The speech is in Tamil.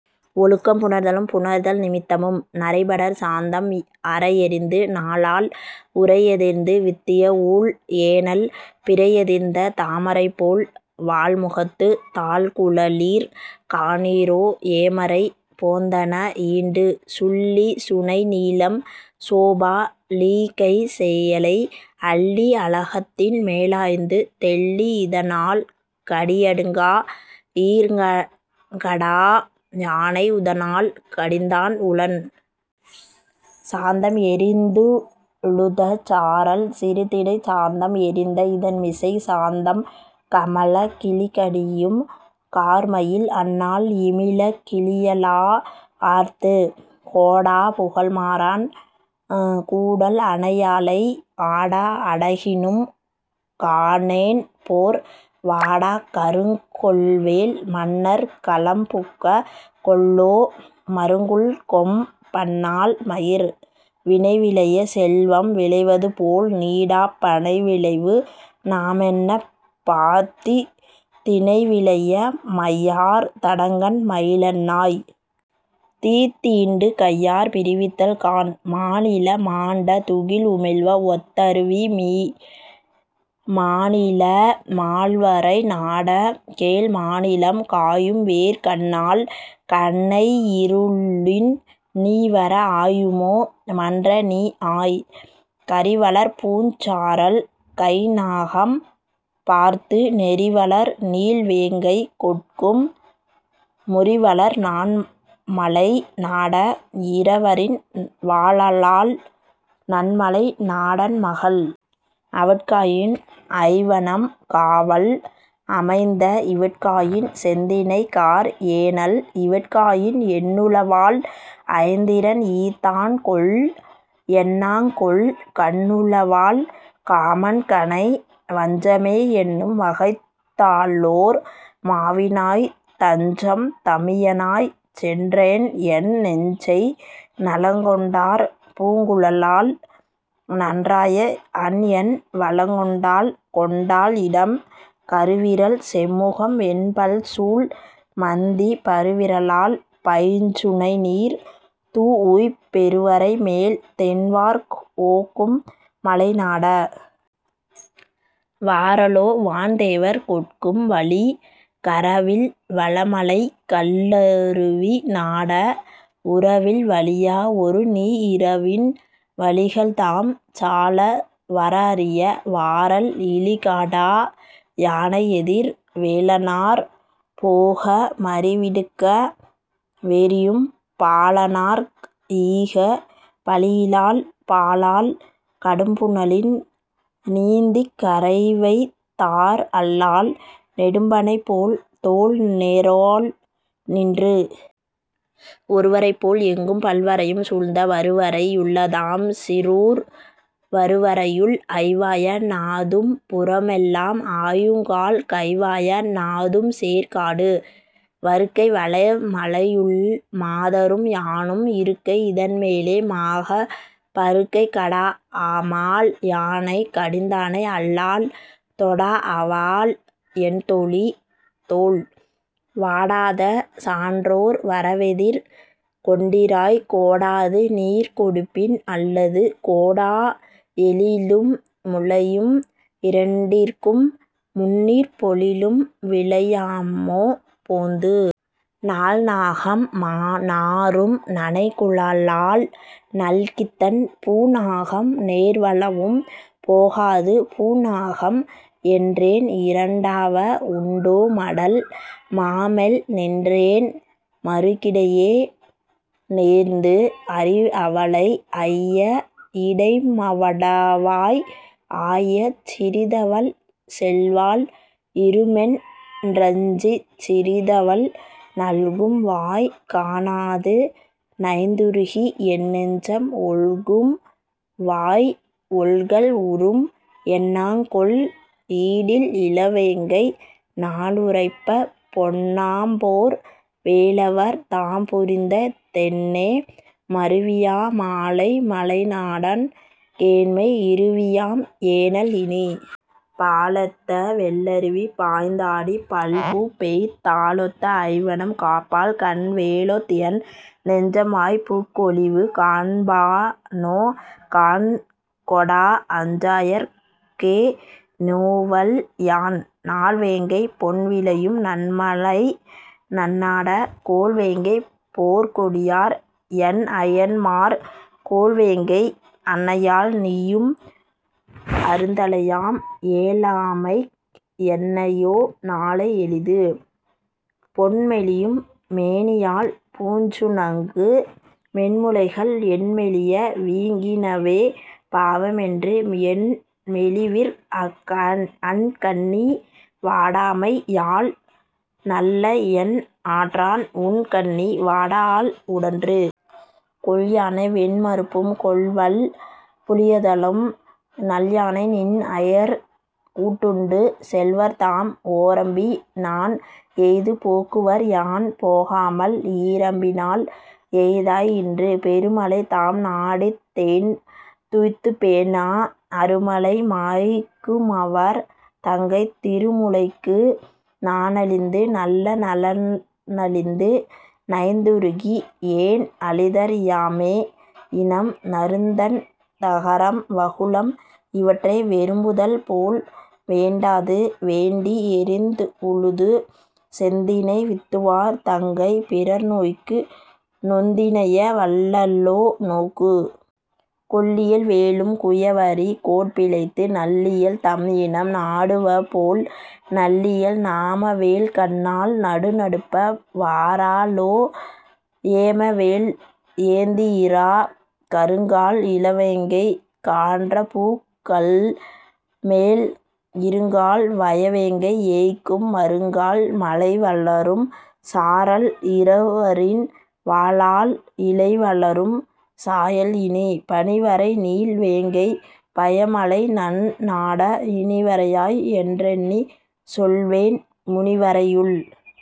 ஒழுக்கம் புணர்தலும் புணர்தல் நிமித்தமும். நறைபடர் சாந்தம் அறஎறிந்து, நாளால் உறைஎதிர்ந்து வித்தியஊழ் ஏனல் பிறையெதிர்ந்த தாமரைபோல் வாள்முகத்துத் தாழ்குழலீர்! காணீரோ ஏமரை போந்தன ஈண்டு. சுள்ளி சுனைநீலம் சோபா லிகைசெயலை அள்ளி அளகத்தின் மேலாய்ந்து தெள்ளி இதணால் கடியடுங்கா ஈர்ங்கடா யானை உதணால் கடிந்தான் உளன். சாந்தம் எறிந்துழுத சாரல் சிறுதினைச் சாந்தம் எறிந்த இதண்மிசைச் சாந்தம் கமழக் கிளிகடியும் கார்மயில் அன்னாள் இமிழக் கிளியழா ஆர்த்து. கோடா புகழ்மாறன் கூடல் அனையாளை ஆடா அடகினும் காணேன்போர் வாடாக் கருங்கொல்வேல் மன்னர் கலம்புக்க கொல்லோ மருங்குல்கொம் பன்னாள் மயிர். வினைவிளையச் செல்வம் விளைவதுபோல் நீடாப் பனைவிளைவு நாமெண்ணப் பாத்தித் தினைவிளைய மையார் தடங்கண் மயிலன்னாய்! தீத்தீண்டு கையார் பிரிவித்தல் காண்! மானீல மாண்ட துகில்உமிழ்வ ஒத்தருவி மானீல மால்வரை நாட! கேள் மாநீலம் காயும்வேற் கண்ணாள் கனையிருளின் நீவர ஆயுமோ மன்றநீ ஆய். கறிவளர்பூஞ் சாரல் கைந்நாகம் பார்த்து நெறிவளர் நீள்வேங்கை கொட்கும் முறிவளர் நன்மலை நாட! இரவரின் வாழாளால், நன்மலை நாடன் மகள். அவட்காயின் ஐவனம் காவல் அமைந்த இவட்காயின் செந்தினைகார் ஏனல் இவட்காயின் எண்ணுளவால் ஐந்திரண் ஈத்தான்கொல் என்னாங்கொல் கண்ணுளவால் காமன் கணை. வஞ்சமே என்னும் வகைத்தாலோர் மாவினாய்த் தஞ்சம் தமியனாய்ச் சென்றேன்என் நெஞ்சை நலங்கொண்டார் பூங்குழலாள் நன்றாயத் அன்என் வலங்கொண்டாள் கொண்டாள் இடம். கருவிரல் செம்முகம் வெண்பல்சூல் மந்தி பருவிரலால் பைஞ்சுனைநீர் தூஉய்ப் பெருவரைமேல் தேன்வார்க் ஓக்கும் மலை நாட! வாரலோ வான்தேவர் கொட்கும் வழி. கரவில் வளமலைக் கல்லருவி நாட! உரவில் வலியா ஒரு நீ இரவின் வழிகள்தாம் சால வரஅரிய வாரல் இழிகடா யானை எதிர். வேலனார் போக மறிவிடுக்க வேரியும் பாலனார்க் ஈக பழியிலாள் பாலால் கடும்புனலின் நீந்திக் கரைவைத்தாற் அல்லால் நெடும்பனைபோல் தோள்நேராள் நின்று. ஒருவரைபோல் எங்கும் பல்வரையும் சூழ்ந்த வருவரை யுள்ளதாம் சீறூர் வருவரையுள் ஐவாய நாதும் புறமெல்லாம் ஆயுங்கால் கைவாய நாதும்சேர் காடு. வருக்கை வளமலையுள் மாதரும் யானும் இருக்கை இதண்மேலே மாகப் பருக்கைக் கடாஅமால் யானை கடிந்தானை அல்லால் தொடாஅவால் என்தோழி தோள். வாடாத சான்றோர் வரவெதிர் கொண்டிராய்க் கோடாது நீர்கொடுப்பின் அல்லது கோடா எழிலும் முலையும் இரண்டிற்கும் முந்நீர்ப் பொழிலும் விலையாமோ போந்து. நாள்நாகம் நாறும் நனைகுழலாள் நல்கித்தன் பூண்ஆகம் நேர்வளவும் போகாது பூண்ஆகம் என்றேன் இரண்டாவ உண்டோ மடல் மாமேல் நின்றேண் மறுகிடையே நேர்ந்து. அறிஅவளை ஐய இடைம்மடவாய் ஆயச் சிறிதவள்செல் வாள்இறுமென் றஞ்சிச் சிறிதவள் நல்கும்வாய் காணாது நைந்துருகி என்நெஞ்சம் ஒல்கும்வாய் ஒல்கல் உறும். என்னாங்கொல் ஈடில் இளவேங்கை நாளுரைப்பப் பொன்னாம்போர் வேலவர் தாம்புரிந்த தென்னே மருவியா மாலை மலைநாடன் கேண்மை இருவியாம் ஏனல் இனி. பாலெத்த வெள்ளருவி பாய்ந்தாடிப் பல்பூப்பெய் தாலொத்த ஐவனம் காப்பாள்கண் வேலொத்என் நெஞ்சம்வாய்ப் புக்ஒழிவு காண்பானோ காண்கொடா அஞ்சாயற் கேநோவல் யான். நாள்வேங்கை பொன்விளையும் நன்மலை நன்னாட! கோள்வேங்கை போற்கொடியார் என்ஐயன்மார் கோள்வேங்கை அன்னையால் நீயும் அருந்தழையாம் ஏலாமைக் என்னையோ நாளை எளிது. பொன்மெலியும் மேனியாள் பூஞ்சுணங்கு மென்முலைகள் என்மெலிய வீங்கினவே பாவமென்று என்மெலிவிற் அண்கண்ணி வாடாமை யால்நல்ல என்ஆற்றான் உண்கண்ணி வாடாள் உடன்று. கொல்யானை வெண்மருப்பும் கொல்வல் புலியதளும் நல்யானை நின்ஐயர் கூட்டுண்டு செல்வர்தாம் ஓரம்பி னான்எய்து போக்குவர்யான் போகாமல் ஈரம்பி னால்எய்தாய் இன்று. பெருமலை தாம்நாடித் தேன்துய்த்துப் பேணா அருமலை மாய்க்குமவர் தங்கை திருமுலைக்கு நாணழிந்து நல்ல நலனழிந்து நைந்துருகி ஏண்அழிதற் யாமே இனம். நறுந்தண் தகரம் வகுளம் இவற்றை வெறும்புதல்போல் வேண்டாது வேண்டி எறிந்உழுது செந்தினை வித்துவார் தங்கை பிறர்நோய்க்கு நொந்தினைய வல்லளோ நோக்கு. கொல்லியல் வேழும் குயவரி கோட்பிழைத்து நல்லியல் தம்இனம் நாடுவபோல் நல்லியல் நாமவேல் கண்ணாள் நடுநடுப்ப வாராலோ ஏமவேல் ஏந்திஇரா. கருங்கால் இளவேங்கை கான்றபூக் கள்மேல் இருங்கால் வயவேங்கை ஏய்க்கும் மருங்கால் மழைவளரும் சாரல் இரவரின் வாழாள் இழைவளரும் சாயல் இனி. பனிவரைநீள் வேங்கைப் பயமலைநன் நாட இனிவரையாய் என்றெண்ணிச் சொல்வேன் முனிவரையுள்।